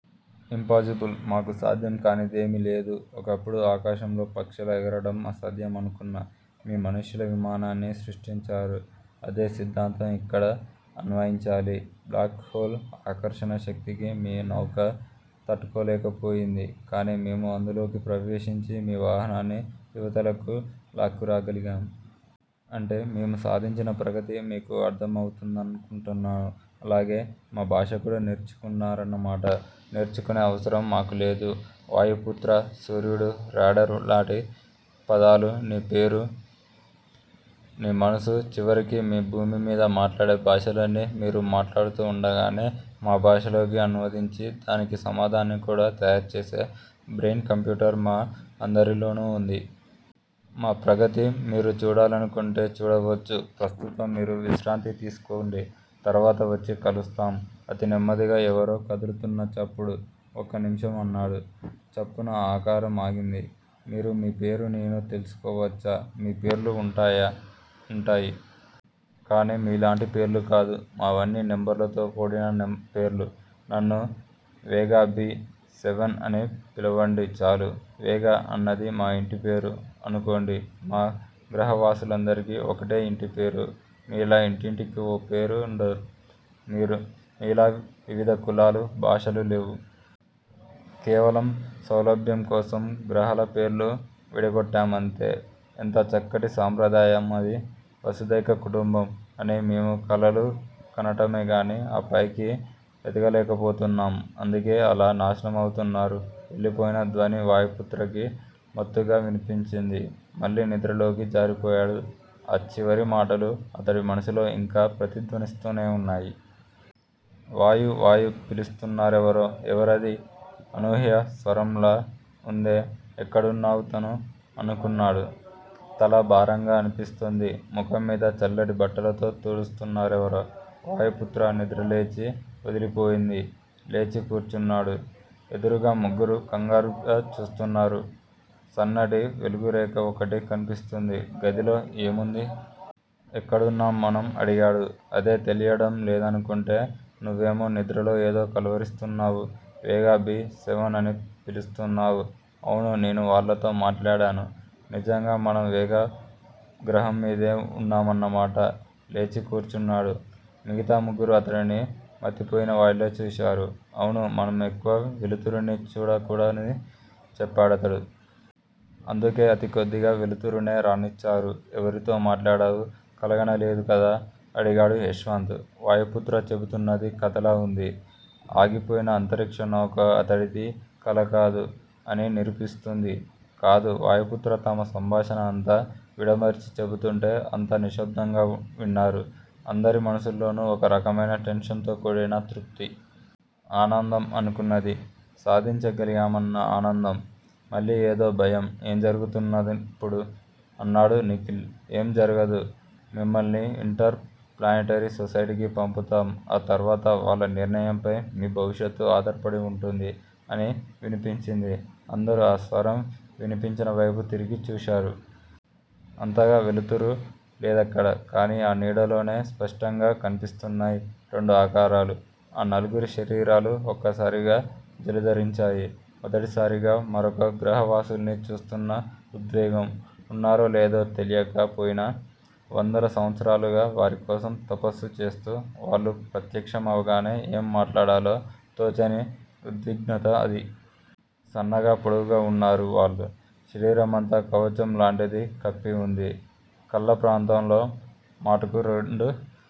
Impossible. మాకు సాధ్యం కానిదేమీ లేదు. ఒకప్పుడు ఆకాశంలో పక్షిలా ఎగరడం అసాధ్యమనుకున్న మీ మనుష్యులు విమానాన్ని సృష్టించారు. అదే సిద్దాంతం ఇక్కడ అన్వయించాలి. బ్లాక్ హోల్ ఆకర్షణ శక్తికి మీ నౌక తట్టుకోలేకపోయింది. కాని మేము అందులోకి ప్రవేశించి మీ వాహనాన్ని యివతలకు లాక్కురాగలిగాం. అంటే మేము సాధించిన ప్రగతి మీకు అర్థం అవుతుందనుకుంటున్నాను. అలాగే మా భాష కూడా నేర్చుకున్నారన్నమాట. నేర్చుకునే అవసరం మాకు లేదు వాయుపుత్రా. సూర్యుడు, రాడార్ లాటి పదాలు, నీ పేరు, నీ మనసు చివరికి మీ భూమి మీద మాట్లాడే భాషలన్నీ మీరు మాట్లాడుతూవుండగానే మా భాషలోకి అనువదించి దానికి సమాధాన్ని కూడా తయారుచేసే బ్రెయిన్ కంప్యూటర్ మా అందరిలోనూ వుంది. మా ప్రగతి మీరు చూడాలనుకుంటే చూడవచ్చు. ప్రస్తుతం మీరు విశ్రాంతి తీసుకోండి. తర్వాత వచ్చి కలుస్తాం- అతి నెమ్మదిగా ఎవరో కదులుతున్న చప్పుడు. ఒక్క నిమిషం అన్నాడు. చప్పున ఆ ఆకారం ఆగింది. మీరు మీ పేరు నేను తెలుసుకోవచ్చా? మీ పేర్లు వుంటాయా? ఉంటాయి. కాని మీలాంటి పేర్లు కాదు. మావన్నీ నెంబర్లతో కూడిన నెం పేర్లు. నన్ను వేగా బి సెవెన్ అని పిలవండి చాలు. వేగా అన్నది మా ఇంటిపేరు అనుకోండి. మా గ్రహవాసులందరికీ ఒకటే యింటి పేరు. మీలా ఇంటింటికీ ఓ పేరుండర్. మీరు మీలా వివిధ కులాలు, భాషలు లేవు. కేవలం సౌలభ్యం కోసం గ్రహాల పేర్లు విడగొట్టామంతే. ఎంత చక్కటి సాంప్రదాయం అది. వసుదైక కుటుంబం అని మేము కలలు కనటమేగాని ఆ పైకి ఎదగలేకపోతున్నాం. అందుకే అలా నాశనమవుతున్నారు వెళ్ళిపోయిన ధ్వని వాయుపుత్రకి మత్తుగా వినిపించింది. మళ్లీ నిద్రలోకి జారిపోయాడు. ఆ చివరి మాటలు అతడి మనసులో యింకా ప్రతిధ్వనిస్తూనే వున్నాయి. వాయూ, వాయూ పిలుస్తున్నారెవరో. ఎవరది? అనూహ్య స్వరంలా వుందే ఎక్కడున్నావు తను? ' అనుకున్నాడు తల భారంగా అనిపిస్తుంది. ముఖంమీద చల్లటి బట్టలతో తుడుస్తున్నారెవరో. వాయుపుత్ర నిద్ర లేచి వదిలిపోయింది. లేచి కూర్చున్నాడు. ఎదురుగా ముగ్గురూ కంగారుగా చూస్తున్నారు. సన్నటి వెలుగురేఖ ఒక్కటే కన్పిస్తుంది గదిలో, ఏముంది. ఎక్కడున్నాం మనం? అడిగాడు. అదే తెలియడం లేదనుకుంటే, నువ్వేమో నిద్రలో ఏదో కలవరిస్తున్నావు. వేగా బి సెవెన్ అని పిలుస్తున్నావు. అవును నేను వాళ్ళతో మాట్లాడాను. నిజంగా మనం వేగా గ్రహంమీదే వున్నామన్నమాట లేచి కూర్చున్నాడు. మిగతా ముగ్గురూ అతడిని మతిపోయినవాడిలా చేశారు. అవును మనం ఎక్కువ వెలుతురుని చూడకూడని చెప్పాడతడు. అందుకే అతి కొద్దిగా వెలుతురునే రానిచ్చారు. ఎవరితో మాట్లాడావు? కలగనలేదుకదా? అడిగాడు యశ్వంత్. వాయుపుత్ర చెబుతున్నది కథలా వుంది. ఆగిపోయిన అంతరిక్ష నౌక అతడిది కలకాదు- అని నిరూపిస్తూంది. కాదు వాయుపుత్ర తమ సంభాషణ అంతా విడమరిచి చెబుతుంటే అంతా నిశ్భబ్దంగా విన్నారు. అందరి మనసుల్లోనూ ఒక రకమైన టెన్షన్ తో కూడిన తృప్తి. ఆనందం! అనుకున్నది సాధించగలిగామన్న ఆనందం. మళ్ళీ ఏదో భయం. ఏం జరుగుతున్నదిప్పుడు? అన్నాడు నిఖిల్. ఏమ్ జరగదు. మిమ్మల్ని ఇంటర్ ప్లానెటరీ సొసైటీకీ పంపుతాం. ఆ తర్వాత వాళ్ళ నిర్ణయంపై మీ భవిష్యత్తు ఆధారపడి వుంటుంది అని వినిపించింది. అందరూ ఆ స్వరం వినిపించినవైపు తిరిగి చూశారు. అంతగా వెలుతురు లేదక్కడ. కానీ ఆ నీడలోనే స్పష్టంగా కన్పిస్తున్నాయి రెండు ఆకారాలు. ఆ నలుగురి శరీరాలు ఒక్కసారిగా జలదరించాయి. మొదటిసారిగా మరొక గ్రహవాసుల్ని చూస్తున్న ఉద్వేగం!! ఉన్నారో లేదో తెలియక పోయినా, వందల సంవత్సరాలుగా వారికోసం 'తపస్సు' చేస్తూ, వాళ్ళు ప్రత్యక్షమవగానే ఏం మాట్లాడాలో తోచని ఉద్విగ్నత అది. సన్నగా పొడవుగా వున్నారు వాళ్ళు. శరీరమంతా కవచం లాంటిది కప్పి వుంది. కళ్ళ ప్రాంతంలో మటుకు రెండు